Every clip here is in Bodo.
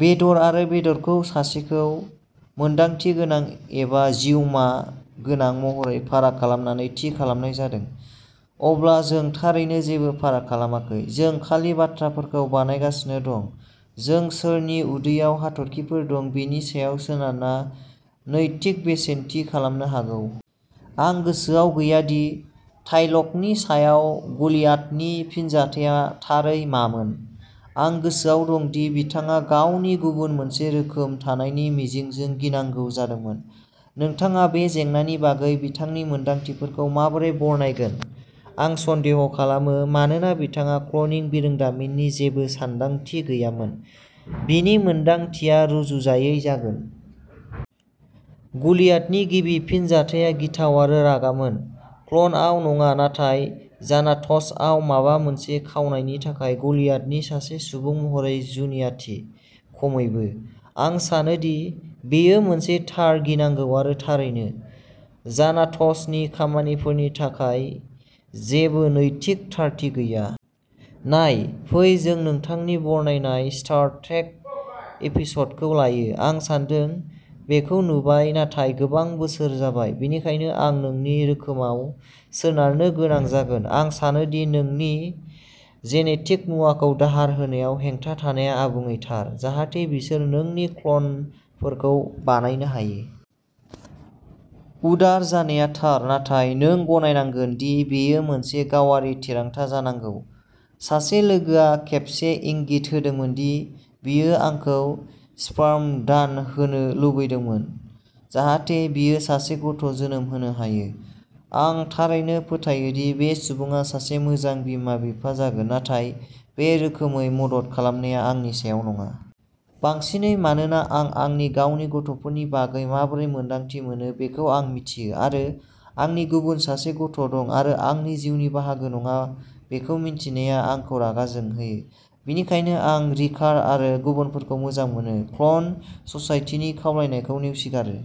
बेदर आरो बेदरखौ सासेखौ मोनदांथि गोनां एबा जिउमा गोनां महरै फाराग खालामनानै थि खालामनाय जादों, अब्ला जों थारैनो जेबो फाराग खालामाखै। जों खालि बाथ्राफोरखौ बानायगासिनो दं। जों सोरनि उदैयाव हाथरखिफोर दं बेनि सायाव सोनारना नैतिक बेसेन थि खालामनो हागौ। आं गोसोआव गैया दि थायलगनि सायाव गलियाथनि फिनजाथाया थारै मामोन। आं गोसोआव दं दि बिथाङा गावनि गुबुन मोनसे रोखोम थानायनि मिजिंजों गिनांगौ जादोंमोन। नोंथाङा बे जेंनानि बागै बिथांनि मोनदांथिफोरखौ माबोरै बरनायगोन। आं सन्देह खालामो मानोना बिथांहा क्लनिं बिरोंदामिननि जेबो सानदांथि गैयामोन, बिनि मोनदांथिया रुजुजायै जागोन। गलियाथनि गिबि फिनजाथाया गिथाव आरो रागामोन। क्ल'नआव नङा, नाथाय जानाट'सआव माबा मोनसे खावनायनि थाखाय गलियाथनि सासे सुबुं महरै जुनियाथि, खमैबो। आं सानोदि बेयो मोनसे थार गिनांगौ आरो थारैनो, जानाट'सनि खामानिफोरनि थाखाय जेबो नैतिक थारथि गैया। नाय, फै जों नोंथांनि बरनायनाय स्टार ट्रेक एपिसडखौ लायो। आं सानदों। बेखौ नुबाय, नाथाय गोबां बोसोर जाबाय, बेनिखायनो आं नोंनि रोखोमाव सोनारनो गोनां जागोन। आं सानो दि नोंनि जेनेटिक मुवाखौ दाहार होनायाव हेंथा थानाया आबुङै थार, जाहाथे बिसोर नोंनि क्ल'नफोरखौ बानायनो हायो। उदार जानाया थार, नाथाय नों गनायनांगोन दि बेयो मोनसे गावारि थिरांथा जानांगौ। सासे लोगोआ खेबसे इंगित होदोंमोन दि बियो आंखौ स्पार्म दान होनो लुबैदों जाहाथे बियो सासे गथ' जोनोम होनो हायो। आं थारैनो फोथायो दि बे सुबुङा सासे मोजां बिमा-बिफा जागोन, नाथाय बे रोखोमै मदद खालामनाया आंनि सायाव नङा। बांसिनै मानोना आं आंनि गावनि गथ'फोरनि बागै माबोरै मोन्दांथि मोनो बेखौ आं मिथियो आरो आंनि गुबुन सासे गथ' दं आरो आंनि जिउनि बाहागो नङा बेखौ मिन्थिनाया आंखौ रागा जोंहोयो। बेनिखायनो आं रिकार आरो गुबुनफोरखौ मोजां मोनो, क्ल'न ससाइटिनि खावलायनायखौ नेवसिगारो।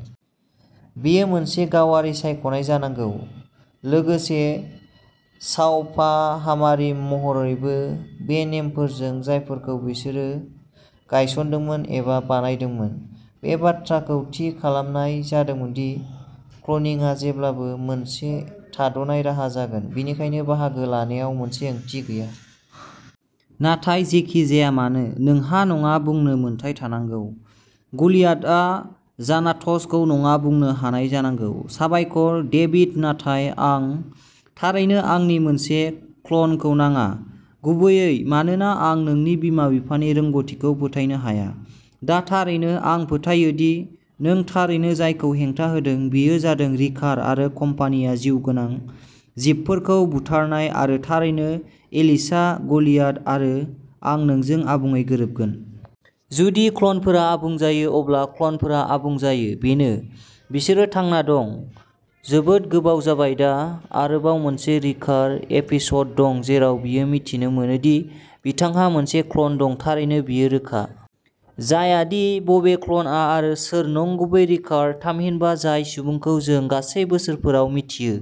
बेयो मोनसे गावारि सायख'नाय जानांगौ। लोगोसे, सावफाहामारि महरैबो। बे नेमफोरजों, जायफोरखौ बिसोरो गायसनदोंमोन एबा बानायदोंमोन बे बाथ्राखौ थि खालामनाय जादोंमोन दि क्लनिंआ जेब्लाबो मोनसे थाद'नाय राहा जागोन। बेनिखायनो बाहागो लानायाव मोनसे ओंथि गैया। नाथाय जेखि जाया मानो। नोंहा नङा बुंनो मोन्थाइ थानांगौ। गलियाथआ जानाट'सखौ नङा बुंनो हानाय जानांगौ साबायखर, डेभिड, नाथाय आं थारैनो आंनि मोनसे क्ल'नखौ नाङा, गुबैयै मानोना आं नोंनि बिमा-बिफानि रोंग'थिखौ फोथायनो हाया। दा थारैनो, आं फोथायो दि नों थारैनो जायखौ हेंथा होदों बेयो जादों रिकार आरो कम्पानिया जिउगोनां जिबफोरखौ बुथारनाय आरो थारैनो एलिसा, गलियाथ आरो आं नोंजों आबुङै गोरोबगोन। जुदि क्ल'नफोरा आबुं जायो, अब्ला क्ल'नफोरा आबुं जायो। बेनो। बिसोरो थांना दं। जोबोद गोबाव जाबाय दा, आरोबाव मोनसे रिकार एपिस'ड दं जेराव बियो मिथिनो मोनो दि बिथांहा मोनसे क्ल'न दं थारैनो बेयो रोखा जाया दि बबे क्ल'नआ आरो सोर नंगुबै रिकार थामहिनबा जाय सुबुंखौ जों गासै बोसोरफोराव मिथियो,